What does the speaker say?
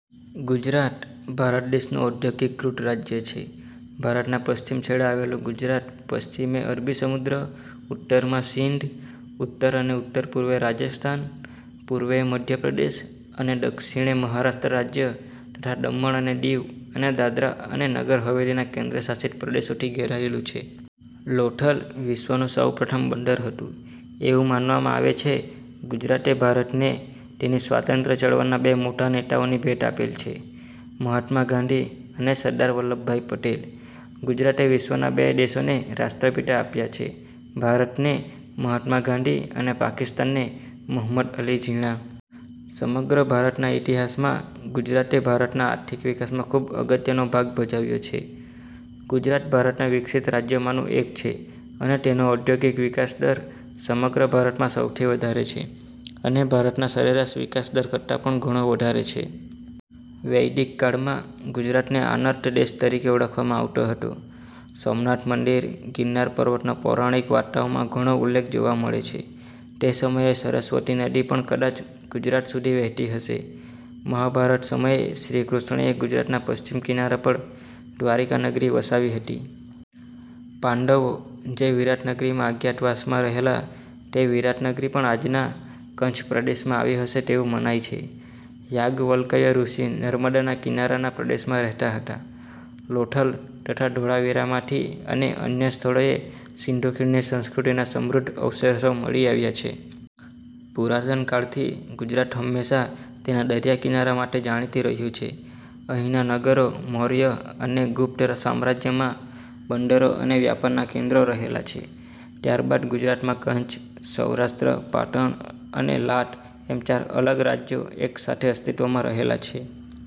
ગુજરાત ભારત દેશનું ઔદ્યોગીકૃત રાજ્ય છે. ભારતના પશ્ચિમ છેડે આવેલું ગુજરાત પશ્ચિમે અરબી સમુદ્ર, ઉત્તરમાં સિંધ, ઉત્તર અને ઉત્તરપૂર્વે રાજસ્થાન, પૂર્વે મધ્ય પ્રદેશ અને દક્ષિણે મહારાષ્ટ્ર રાજ્ય તથા દમણ અને દીવ અને દાદરા અને નગર હવેલી ના કેન્દ્રશાસિત પ્રદેશોથી ઘેરાયેલું છે. લોથલ વિશ્વનું સૌ પ્રથમ બંદર હતું એવું માનવામાં આવે છે. ગુજરાતે ભારતને તેની સ્વાતંત્ર્ય ચળવળના બે મોટા નેતાઓની ભેટ આપેલ છે મહાત્મા ગાંધી અને સરદાર વલ્લભભાઈ પટેલ. ગુજરાતે વિશ્વના બે દેશોને રાષ્ટ્રપિતા આપ્યા છે ભારતને મહાત્મા ગાંધી અને પાકિસ્તાનને મહમદ અલી ઝીણા. સમગ્ર ભારતના ઇતિહાસમાં ગુજરાતે ભારતના આર્થિક વિકાસમાં ખૂબ અગત્યનો ભાગ ભજવ્યો છે. ગુજરાત ભારતના વિકસિત રાજ્યોમાંનું એક છે અને તેનો ઔદ્યોગિક વિકાસ દર સમગ્ર ભારતમાં સૌથી વધારે છે અને ભારતના સરેરાશ વિકાસદર કરતાંં પણ ઘણો વધારે છે. વૈદિક કાળમાં ગુજરાતને આનર્ત દેશ તરીકે ઓળખવામાં આવતો હતો. સોમનાથ મંદિર, ગિરનાર પર્વતનો પૌરાણિક વાર્તાઓમાં ઘણો ઉલ્લેખ જોવા મળે છે. તે સમયે સરસ્વતી નદી પણ કદાચ ગુજરાત સુધી વહેતી હશે. મહાભારત સમયે શ્રી કૃષ્ણએ ગુજરાતના પશ્ચિમ કિનારા પર દ્વારિકા નગરી વસાવી હતી. પાંડવો જે વિરાટ નગરીમાં અજ્ઞાતવાસમાં રહેલા તે વિરાટ નગરી પણ આજના કચ્છ પ્રદેશમાં આવી હશે તેવું મનાય છે. યાજ્ઞવલ્કય ઋષિ નર્મદાના કિનારાના પ્રદેશમાં રહેતા હતા. લોથલ તથા ધોળાવીરામાંથી અને અન્ય સ્થળોએ સીંધુ ખીણની સંસ્કૃતિના સમૃદ્ધ અવશેષો મળી આવ્યા છે. પુરાતન કાળથી ગુજરાત હંમેશા તેના દરિયાકિનારા માટે જાણીતુ રહ્યું છે. અહીંના નગરો મૌર્ય અને ગુપ્ત સામ્રાજ્યમાં બંદરો અને વ્યાપારનાં કેન્દ્રો રહેલા છે. ત્યારબાદ ગુજરાતમાં કચ્છ, સૌરાષ્ટ્ર, પાટણ અને લાટ એમ ચાર અલગ રાજ્યો એક સાથે અસ્તિત્વમાં રહેલા છે.